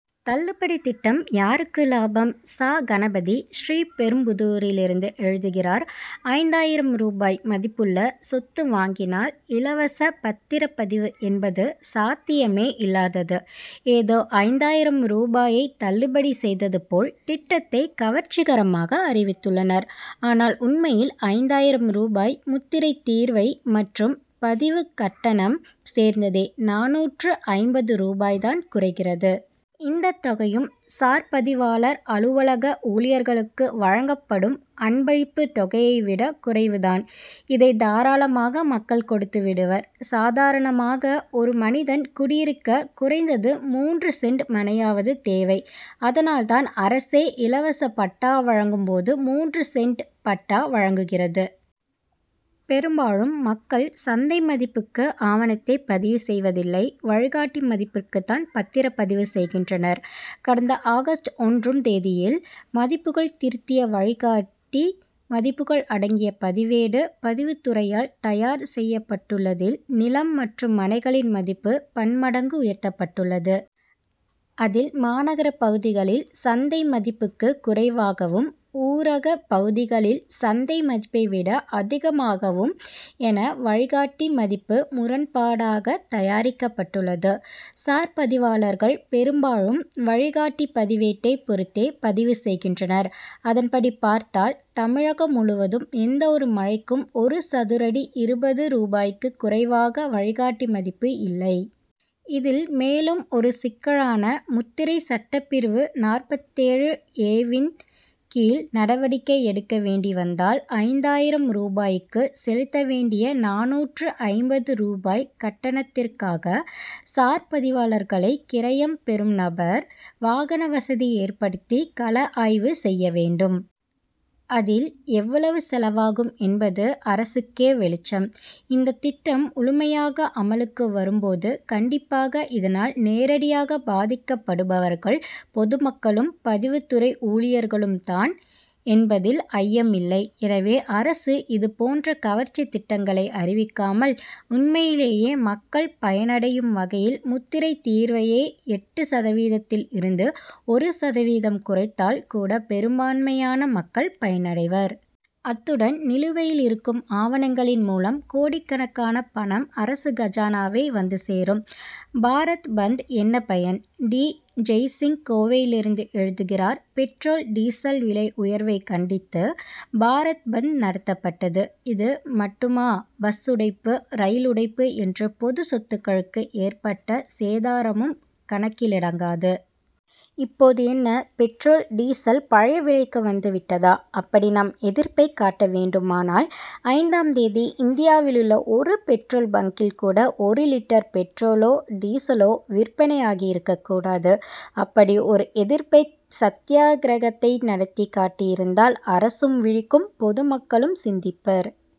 தள்ளுபடி திட்டம் யாருக்கு லாபம்? ச. கணபதி, ஸ்ரீபெரும்புதூரிலிருந்து எழுதுகிறார் ஐந்தாயிரம் ரூபாய் மதிப்புள்ள சொத்து வாங்கினால், இலவச பத்திரப்பதிவு என்பது சாத்தியமே இல்லாதது. ஏதோ ஐந்தாயிரம் ரூபாயை தள்ளுபடி செய்தது போல், திட்டத்தை கவர்ச்சிகரமாக அறிவித்துள்ளனர். ஆனால், உண்மையில் ஐந்தாயிரம் ரூபாய் முத்திரை தீர்வை மற்றும் பதிவு கட்டணம் சேர்ந்ததே, நானூற்று ஐம்பது ரூபாய் தான் குறைகிறது. இந்த தொகையும், சார் பதிவாளர் அலுவலக ஊழியர்களுக்கு வழங்கப்படும் அன்பளிப்பு தொகையைவிட குறைவு தான். இதை தாராளமாக மக்கள் கொடுத்து விடுவர். சாதாரணமாக, ஒரு மனிதன் குடியிருக்க குறைந்தது மூன்று சென்ட் மனையாவது தேவை. அதனால் தான், அரசே இலவச பட்டா வழங்கும் போது, மூன்று சென்ட் பட்டா வழங்குகிறது. பெரும்பாலும் மக்கள், சந்தை மதிப்புக்கு ஆவணத்தை பதிவு செய்வதில்லை. வழிகாட்டி மதிப்பிற்கு தான் பத்திரப் பதிவு செய்கின்றனர். கடந்த ஆகஸ்ட் ஒன்றும் தேதியில், மதிப்புகள் திருத்திய வழிகாட்டி மதிப்புகள் அடங்கிய பதிவேடு, பதிவுத்துறையால் தயார் செய்யப்பட்டுள்ளதில், நிலம் மற்றும் மனைகளின் மதிப்பு பன் மடங்கு உயர்த்தப்பட்டுள்ளது. அதில், மாநகர பகுதிகளில், சந்தை மதிப்புக்கு குறைவாகவும், ஊரக பகுதிகளில், சந்தை மதிப்பை விட அதிகமாகவும் என, வழிகாட்டி மதிப்பு முரண்பாடாக தயாரிக்கப்பட்டுள்ளது. சார் பதிவாளர்கள் பெரும்பாலும், வழிகாட்டி பதிவேட்டை பொருத்தே பதிவு செய்கின்றனர். அதன்படி பார்த்தால், தமிழகம் முழுவதும், எந்த ஒரு மனைக்கும், ஒரு சதுரடி இருபது ரூபாய்க்கு குறைவாக வழிகாட்டி மதிப்பு இல்லை. இதில், மேலும் ஒரு சிக்கலான, முத்திரை சட்டப்பிரிவு நாற்பத்தேழு ஏ-வின் கீழ் நடவடிக்கை எடுக்க வேண்டி வந்தால், ஐந்தாயிரம் ரூபாய்க்கு செலுத்த வேண்டிய நானூற்று ஐம்பது ரூபாய் கட்டணத்திற்காக, சார் பதிவாளர்களை, கிரையம் பெறும் நபர், வாகன வசதி ஏற்படுத்தி, கள ஆய்வு செய்ய வேண்டும். அதில் எவ்வளவு செலவாகும் என்பது அரசுக்கே வெளிச்சம். இந்த திட்டம் முழுமையாக அமலுக்கு வரும் போது, கண்டிப்பாக இதனால் நேரடியாக பாதிக்கப்படுபவர்கள், பொது மக்களும், பதிவுத்துறை ஊழியர்களும் தான் என்பதில் ஐயம் இல்லை. எனவே, அரசு இது போன்ற கவர்ச்சி திட்டங்களை அறிவிக்காமல், உண்மையிலேயே மக்கள் பயன் அடையும் வகையில், முத்திரைத் தீர்வையை, எட்டு சதவீதத்தில் இருந்து, ஒரு சதவீதம் குறைத்தால் கூட, பெரும்பான்மையான மக்கள் பயனடைவர். அத்துடன், நிலுவையில் இருக்கும் ஆவணங்களின் மூலம், கோடிக்கணக்கான பணம் அரசு கஜானாவை வந்து சேரும். பாரத் பந்த் என்ன பயன்? டி. ஜெய்சிங், கோவையிலிருந்து எழுதுகிறார் பெட்ரோல், டீசல் விலை உயர்வை கண்டித்து, பாரத் பந்த் நடத்தப்பட்டது. இது மட்டுமாபஸ் உடைப்பு, ரயில் உடைப்பு என்று, பொதுச் சொத்துக்களுக்கு ஏற்பட்ட சேதாரமும் கணக்கிலடங்காது. இப்போது என்ன, பெட்ரோல், டீசல் பழைய விலைக்கு வந்து விட்டதா? அப்படி நம் எதிர்ப்பை காட்ட வேண்டுமானால், ஐந்தாம் தேதி, இந்தியாவிலுள்ள ஒரு பெட்ரோல் பங்க்கில் கூட, ஒரு லிட்டர் பெட்ரோலோ, டீசலோ விற்பனை ஆகி இருக்கக்கூடாது. அப்படி ஒரு எதிர்ப்பை, சத்யாகிரகத்தை நடத்திக் காட்டியிருந்தால், அரசும் விழிக்கும்; பொது மக்களும் சிந்திப்பர்.